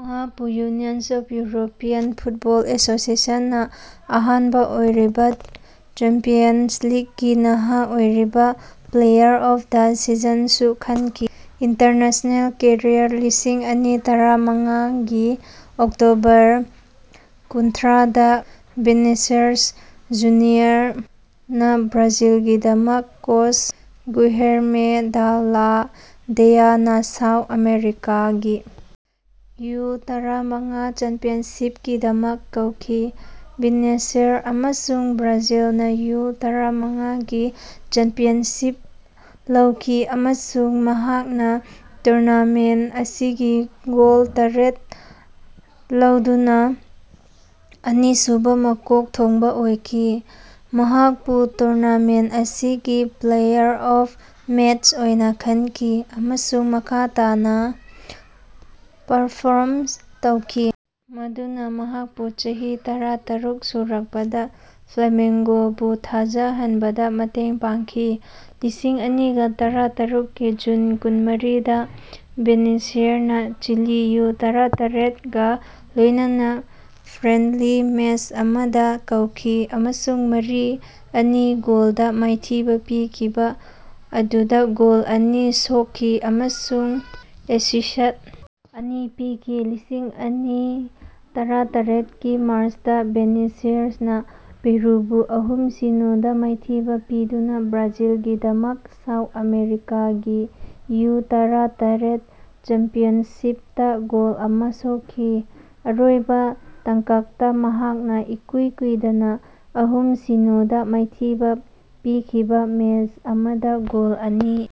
ꯃꯍꯥꯛꯄꯨ union of European football ꯑꯦꯁꯣꯁꯦꯁꯟꯅꯥ ꯑꯍꯥꯟꯕ ꯑꯣꯏꯔꯤꯕ ꯆꯦꯝꯄꯤꯌꯟꯁ ꯂꯤꯛꯀꯤ ꯅꯍꯥ ꯑꯣꯏꯔꯤꯕ ꯄ꯭ꯂꯦꯌꯥꯔ ꯑꯣꯐ ꯗ ꯁꯤꯖꯟꯁꯨ ꯈꯟꯈꯤ꯫ ꯏꯟꯇꯔꯅꯦꯁꯅꯦꯜ ꯀꯦꯔꯤꯌꯔ ꯂꯤꯁꯤꯡ ꯑꯅꯤ ꯇꯔꯥꯃꯉꯥꯒꯤ ꯑꯣꯛꯇꯣꯕꯔ ꯀꯨꯟꯊ꯭ꯔꯥꯗ ꯚꯤꯅꯤꯁꯤꯌꯁ ꯖꯨꯅꯤꯌꯔꯅ ꯕ꯭ꯔꯥꯖꯤꯜꯒꯤꯗꯃꯛ ꯀꯣꯁ ꯒꯨꯏꯜꯍꯦꯔꯃꯦ ꯗꯥꯜꯂꯥ ꯗꯦꯌꯥꯅꯥ ꯁꯥꯎꯊ ꯑꯃꯦꯔꯤꯀꯥꯒꯤ ꯌꯨ-ꯇꯔꯥꯃꯉꯥ ꯆꯦꯝꯄꯤꯌꯟꯁꯤꯞꯀꯤꯗꯃꯛ ꯀꯧꯈꯤ꯫ ꯚꯤꯅꯤꯁꯤꯌꯁ ꯑꯃꯁꯨꯡ ꯕ꯭ꯔꯥꯖꯤꯜꯅ ꯌꯨ-ꯇꯔꯥꯃꯉꯥꯒꯤ ꯆꯦꯝꯄꯤꯌꯟꯁꯤꯞ ꯂꯧꯈꯤ ꯑꯃꯁꯨꯡ ꯃꯍꯥꯛꯅ ꯇꯨꯔꯅꯥꯃꯦꯟ ꯑꯁꯤꯒꯤ ꯒꯣꯜ ꯇꯔꯦꯠ ꯂꯧꯗꯨꯅꯥ ꯑꯅꯤꯁꯨꯕꯥ ꯃꯀꯣꯛ ꯊꯣꯡꯕ ꯑꯣꯏꯈꯤ꯫ ꯃꯍꯥꯛꯄꯨ ꯇꯨꯔꯅꯥꯃꯦꯟ ꯑꯁꯤꯒꯤ ꯄ꯭ꯂꯦꯌꯥꯔ ꯑꯣꯐ ꯃꯦꯠꯁ ꯑꯣꯏꯅ ꯈꯟꯈꯤ ꯑꯃꯁꯨꯡ ꯃꯈꯥ ꯇꯥꯅꯥ ꯄꯔꯐꯣꯔꯝ ꯇꯧꯈꯤ ꯃꯗꯨꯅ ꯃꯍꯥꯛꯄꯨ ꯆꯍꯤ ꯇꯔꯥꯇꯔꯨꯛ ꯁꯨꯔꯛꯄꯗ ꯐ꯭ꯂꯦꯃꯦꯡꯒꯣꯕꯨ ꯊꯥꯖꯍꯟꯕꯗꯥ ꯃꯇꯦꯡ ꯄꯥꯡꯈꯤ꯫ ꯂꯤꯁꯤꯡ ꯑꯅꯤꯒꯥ ꯇꯔꯥꯇꯔꯨꯛꯀꯤ ꯖꯨꯟ ꯀꯨꯟꯃꯔꯤꯗꯥ ꯚꯤꯅꯤꯁꯤꯌꯁꯅꯥ ꯆꯤꯂꯤ ꯌꯨ-ꯇꯔꯥꯇꯔꯦꯠꯒꯥ ꯂꯣꯢꯅꯅ ꯐ꯭ꯔꯦꯟꯂꯤ ꯃꯦꯁ ꯑꯃꯗ ꯀꯧꯈꯤ ꯑꯃꯁꯨꯡ ꯃꯔꯤ-ꯑꯅꯤ ꯒꯣꯜꯗ ꯃꯥꯏꯊꯤꯕ ꯄꯤꯈꯤꯕ ꯑꯗꯨꯗꯥ ꯒꯣꯜ ꯑꯅꯤ ꯁꯣꯛꯈꯤ ꯑꯃꯁꯨꯡ ꯑꯦꯁꯤꯁ꯭ꯠ ꯑꯅꯤ ꯄꯤꯈꯤ꯫ ꯂꯤꯁꯤꯡ ꯑꯅꯤ ꯇꯔꯥꯇꯔꯦꯠꯀꯤ ꯃꯥꯔꯁꯇꯥ ꯚꯤꯅꯤꯁꯤꯌꯁꯅꯥ ꯄꯦꯔꯨꯕꯨ ꯑꯍꯨꯝ-ꯁꯤꯅꯣ ꯗ ꯃꯥꯏꯊꯤꯕ ꯄꯤꯗꯨꯅ ꯕ꯭ꯔꯥꯖꯤꯜꯒꯤꯗꯃꯛ ꯁꯥꯎꯠ ꯑꯃꯦꯔꯤꯀꯥꯒꯤ ꯌꯨ-ꯇꯔꯥꯇꯔꯦꯠ ꯆꯦꯝꯄꯤꯌꯟꯁꯤꯞꯇ ꯒꯣꯜ ꯑꯃ ꯁꯣꯛꯈꯤ꯫ ꯑꯔꯣꯏꯕ ꯇꯥꯡꯀꯛꯇꯥ ꯃꯍꯥꯛꯅꯥ ꯏꯀꯨꯏ ꯀꯨꯏꯗꯅꯥ ꯑꯍꯨꯝ-ꯁꯤꯅꯣ ꯗ ꯃꯥꯏꯊꯤꯕ ꯄꯤꯈꯤꯕ ꯃꯦꯁ ꯑꯃꯗ ꯒꯣꯜ ꯑꯅꯤ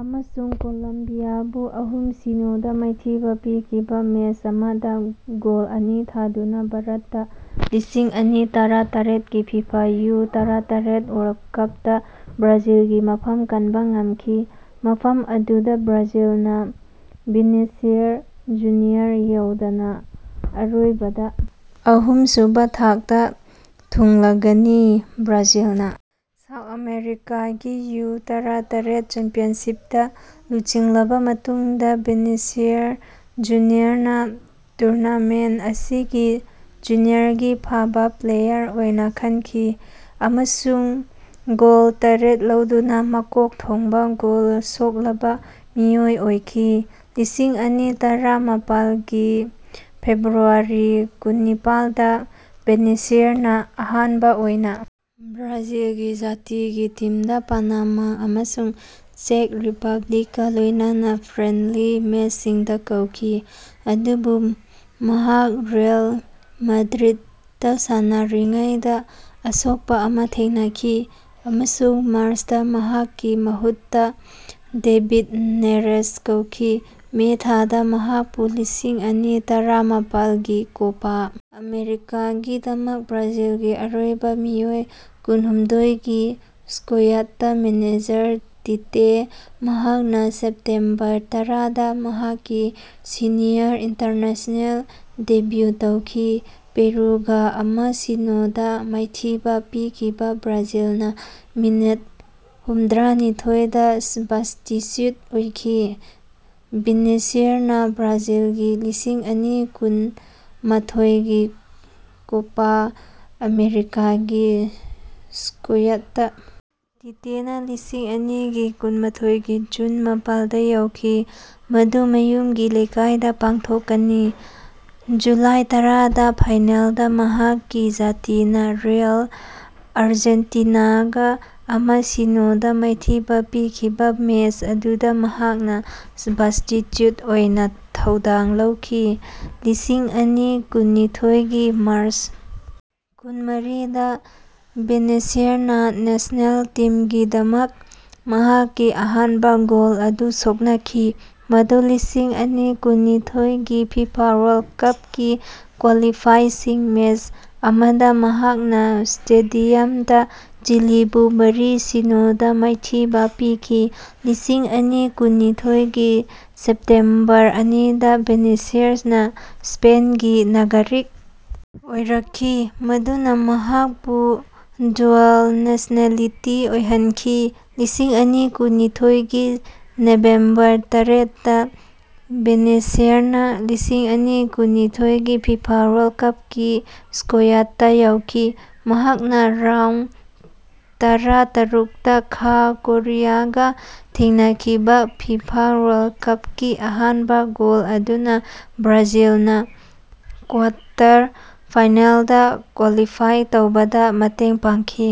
ꯑꯃꯁꯨꯡ ꯀꯣꯂꯝꯕꯤꯌꯥꯕꯨ ꯑꯍꯨꯝ-ꯁꯤꯅꯣꯗ ꯃꯥꯏꯊꯤꯕ ꯄꯤꯈꯤꯕ ꯃꯦꯁ ꯑꯃꯗ ꯒꯣꯜ ꯑꯅꯤ ꯊꯥꯗꯨꯅ ꯚꯥꯔꯠꯇ ꯂꯤꯁꯤꯡ ꯑꯅꯤ ꯇꯔꯥꯇꯔꯦꯠꯀꯤ ꯐꯤꯐꯥ ꯌꯨ-ꯇꯔꯥꯇꯔꯦꯠ ꯋꯥꯔꯜ ꯀꯞꯇꯥ ꯕ꯭ꯔꯥꯖꯤꯜꯒꯤ ꯃꯐꯝ ꯀꯟꯕꯥ ꯉꯝꯈꯤ, ꯃꯐꯝ ꯑꯗꯨꯗꯥ ꯕ꯭ꯔꯥꯖꯤꯜꯅꯥ (ꯚꯤꯅꯤꯁꯤꯌꯁ ꯖꯨꯅꯤꯌꯔ ꯌꯥꯎꯗꯅꯥ) ꯑꯔꯣꯏꯕꯗꯥ ꯑꯍꯨꯝꯁꯨꯕꯥ ꯊꯥꯛꯇꯥ ꯊꯨꯡꯂꯒꯅꯤ꯫ ꯕ꯭ꯔꯥꯖꯤꯜꯅꯥ ꯁꯥꯎꯠ ꯑꯃꯦꯔꯤꯀꯥꯒꯤ ꯌꯨ-ꯇꯔꯥꯇꯔꯦꯠ ꯆꯦꯝꯄꯤꯌꯟꯁꯤꯞꯇꯥ ꯂꯨꯆꯤꯡꯂꯕꯥ ꯃꯇꯨꯡꯗꯥ ꯚꯤꯅꯤꯁꯤꯌꯁ ꯖꯨꯅꯤꯌꯔꯅꯥ ꯇꯨꯔꯅꯥꯃꯦꯟ ꯑꯁꯤꯒꯤ ꯖꯨꯅꯤꯌꯔꯒꯤ ꯐꯕꯥ ꯄ꯭ꯂꯦꯌꯥꯔ ꯑꯣꯏꯅ ꯈꯟꯈꯤ ꯑꯃꯁꯨꯡ ꯒꯣꯜ ꯇꯔꯦꯠ ꯂꯧꯗꯨꯅꯥ ꯃꯀꯣꯛ ꯊꯣꯡꯕ ꯒꯣꯜ ꯁꯣꯛꯂꯕꯥ ꯃꯤꯑꯣꯏ ꯑꯣꯏꯈꯤ꯫ ꯂꯤꯁꯤꯡ ꯑꯅꯤ ꯇꯔꯥꯃꯥꯄꯜꯒꯤ ꯐꯦꯕ꯭ꯔꯨꯋꯥꯔꯤ ꯀꯨꯟꯅꯤꯄꯥꯜꯗ ꯚꯤꯅꯤꯁꯤꯌꯁꯅꯥ ꯑꯍꯥꯟꯕ ꯑꯣꯏꯅ ꯕ꯭ꯔꯥꯖꯤꯜꯒꯤ ꯖꯥꯇꯤꯒꯤ ꯇꯤꯝꯗꯥ ꯄꯥꯅꯥꯃꯥ ꯑꯃꯁꯨꯡ ꯆꯦꯛ ꯔꯤꯄꯕ꯭ꯂꯤꯛꯀꯥ ꯂꯣꯢꯅꯅ ꯐ꯭ꯔꯦꯟꯂꯤ ꯃꯦꯁꯁꯤꯡꯗꯥ ꯀꯧꯈꯤ꯫ ꯑꯗꯨꯕꯨ ꯃꯍꯥꯛ ꯔꯤꯑꯦꯜ ꯃꯥꯗ꯭ꯔꯤꯠꯇꯥ ꯁꯥꯟꯅꯔꯤꯉꯩꯗꯥ ꯑꯁꯣꯛꯄ ꯑꯃ ꯊꯦꯡꯅꯈꯤ, ꯑꯃꯁꯨꯡ ꯃꯥꯔꯁꯇꯥ ꯃꯍꯥꯛꯀꯤ ꯃꯍꯨꯠꯇꯥ ꯗꯦꯕꯤꯠ ꯅꯦꯔꯦꯁ ꯀꯧꯈꯤ꯫ ꯃꯦ ꯊꯥꯗꯥ ꯃꯍꯥꯛꯄꯨ ꯂꯤꯁꯤꯡ ꯑꯅꯤ ꯇꯔꯥꯃꯥꯄꯜꯒꯤ ꯀꯣꯄꯥ ꯑꯥꯃꯦꯔꯤꯀꯥꯒꯤꯗꯃꯛ ꯕ꯭ꯔꯥꯖꯤꯜꯒꯤ ꯑꯔꯣꯏꯕ ꯃꯤꯑꯣꯏ ꯀꯨꯟꯍꯨꯝꯗꯣꯏꯒꯤ ꯁ꯭ꯀꯣꯌꯥꯠꯇꯥ ꯃꯦꯅꯦꯖꯔ ꯇꯤꯇꯦ ꯃꯍꯥꯛꯅꯥ ꯁꯦꯞꯇꯦꯝꯕꯔ ꯇꯔꯥꯗꯥ ꯃꯍꯥꯛꯀꯤ ꯁꯦꯅꯤꯌꯔ ꯏꯟꯇꯔꯅꯦꯁꯅꯦꯜ ꯗꯦꯕ꯭ꯌꯨ ꯇꯧꯈꯤ, ꯄꯦꯔꯨꯒꯥ ꯑꯃ-ꯁꯤꯅꯣꯗꯥ ꯃꯥꯏꯊꯤꯕꯥ ꯄꯤꯈꯤꯕꯥ ꯕ꯭ꯔꯥꯖꯤꯜꯅ ꯃꯤꯅꯤꯠ ꯍꯨꯝꯗ꯭ꯔꯥꯅꯤꯊꯣꯏꯗꯥ ꯁ꯭ꯕꯁꯇꯤꯆ꯭ꯌꯨꯠ ꯑꯣꯏꯈꯤ꯫ ꯚꯤꯅꯤꯁꯤꯌꯁꯅꯥ ꯕ꯭ꯔꯥꯖꯤꯜꯒꯤ ꯂꯤꯁꯤꯡ ꯑꯅꯤ ꯀꯨꯟꯃꯥꯊꯣꯏꯒꯤ ꯀꯣꯄꯥ ꯑꯥꯃꯦꯔꯤꯀꯥꯒꯤ ꯁ꯭ꯀꯣꯌꯥꯠꯇꯥ ꯇꯤꯇꯦꯅꯥ ꯂꯤꯁꯤꯡ ꯑꯅꯤꯒꯤ ꯀꯨꯟꯃꯥꯊꯣꯏꯒꯤ ꯖꯨꯟ ꯃꯥꯄꯜꯗ ꯌꯥꯎꯈꯤ, ꯃꯗꯨ ꯃꯌꯨꯝꯒꯤ ꯂꯩꯃꯥꯏꯗ ꯄꯥꯡꯊꯣꯛꯀꯅꯤ꯫ ꯖꯨꯂꯥꯏ ꯇꯔꯥꯗꯥ ꯐꯥꯏꯅꯦꯜꯗꯥ ꯃꯍꯥꯛꯀꯤ ꯖꯥꯇꯤꯅꯥ ꯔꯤꯑꯦꯜ ꯑꯥꯔꯖꯦꯟꯇꯤꯅꯥꯒꯥ ꯑꯃ-ꯁꯤꯅꯣ ꯗꯥ ꯃꯥꯏꯊꯤꯕꯥ ꯄꯤꯈꯤꯕꯥ ꯃꯦꯁ ꯑꯗꯨꯗꯥ ꯃꯍꯥꯛꯅ ꯁ꯭ꯕꯁꯇꯤꯆ꯭ꯌꯨꯠ ꯑꯣꯏꯅ ꯊꯧꯗꯥꯡ ꯂꯧꯈꯤ꯫ ꯂꯤꯁꯤꯡ ꯑꯅꯤ ꯀꯨꯟꯅꯤꯊꯣꯏꯒꯤ ꯃꯥꯔꯁ ꯀꯨꯟꯃꯔꯤꯗꯥ ꯚꯤꯅꯤꯁꯤꯌꯁꯅꯥ ꯅꯦꯁꯅꯦꯜ ꯇꯤꯝꯒꯤꯗꯃꯛ ꯃꯍꯥꯛꯀꯤ ꯑꯍꯥꯟꯕ ꯒꯣꯜ ꯑꯗꯨ ꯁꯣꯛꯅꯈꯤ, ꯃꯗꯨ ꯂꯤꯁꯤꯡ ꯑꯅꯤ ꯀꯨꯟꯅꯤꯊꯣꯏꯒꯤ ꯐꯤꯐꯥ ꯋꯥꯔꯜ ꯀꯞꯀꯤ ꯀ꯭ꯋꯥꯂꯤꯐꯥꯏꯁꯤꯡ ꯃꯦꯁ ꯑꯃꯗ ꯃꯍꯥꯛꯅ ꯁ꯭ꯇꯦꯗꯤꯌꯝꯗꯥ ꯆꯤꯂꯤꯕꯨ ꯃꯔꯤ-ꯁꯤꯅꯣ ꯗ ꯃꯥꯏꯊꯤꯕ ꯄꯤꯈꯤ꯫ꯂꯤꯁꯤꯡ ꯑꯅꯤ ꯀꯨꯟꯅꯤꯊꯣꯏꯒꯤ ꯁꯦꯞꯇꯦꯝꯕꯔ ꯑꯅꯤꯗꯥ ꯚꯤꯅꯤꯁꯤꯌꯁꯅꯥ ꯁ꯭ꯄꯦꯟꯒꯤ ꯅꯥꯒꯔꯤꯛ ꯑꯣꯏꯔꯛꯈꯤ, ꯃꯗꯨꯅꯥ ꯃꯍꯥꯛꯄꯨ ꯗ꯭ꯌꯨꯑꯦꯜ-ꯅꯦꯁꯅꯦꯂꯤꯇꯤ ꯑꯣꯏꯍꯟꯈꯤ ꯫ꯂꯤꯁꯤꯡ ꯑꯅꯤ ꯀꯨꯟꯅꯤꯊꯣꯏꯒꯤ ꯅꯕꯦꯝꯕꯔ ꯇꯔꯦꯠꯇꯥ ꯚꯤꯅꯤꯁꯤꯌꯁꯅꯥ ꯂꯤꯁꯤꯡ ꯑꯅꯤ ꯀꯨꯟꯅꯤꯊꯣꯏꯒꯤ ꯐꯤꯐꯥ ꯋꯥꯔꯜ ꯀꯞꯀꯤ ꯁ꯭ꯀꯣꯌꯥꯠꯇꯥ ꯌꯥꯎꯈꯤ ꯫ ꯃꯍꯥꯛꯅ ꯔꯥꯎꯟ ꯇꯔꯥꯇꯔꯨꯛꯇꯥ ꯈꯥ ꯀꯣꯔꯤꯌꯥꯒꯥ ꯊꯦꯡꯅꯈꯤꯕꯥ ꯐꯤꯐꯥ ꯋꯥꯔꯜ ꯀꯞꯀꯤ ꯑꯍꯥꯟꯕ ꯒꯣꯜ ꯑꯗꯨꯅ ꯕ꯭ꯔꯥꯖꯤꯜꯅ ꯀ꯭ꯋꯥꯇꯔ ꯐꯥꯏꯅꯦꯜꯗ ꯀ꯭ꯋꯥꯂꯤꯐꯥꯏ ꯇꯧꯕꯗꯥ ꯃꯇꯦꯡ ꯄꯥꯡꯈꯤ꯫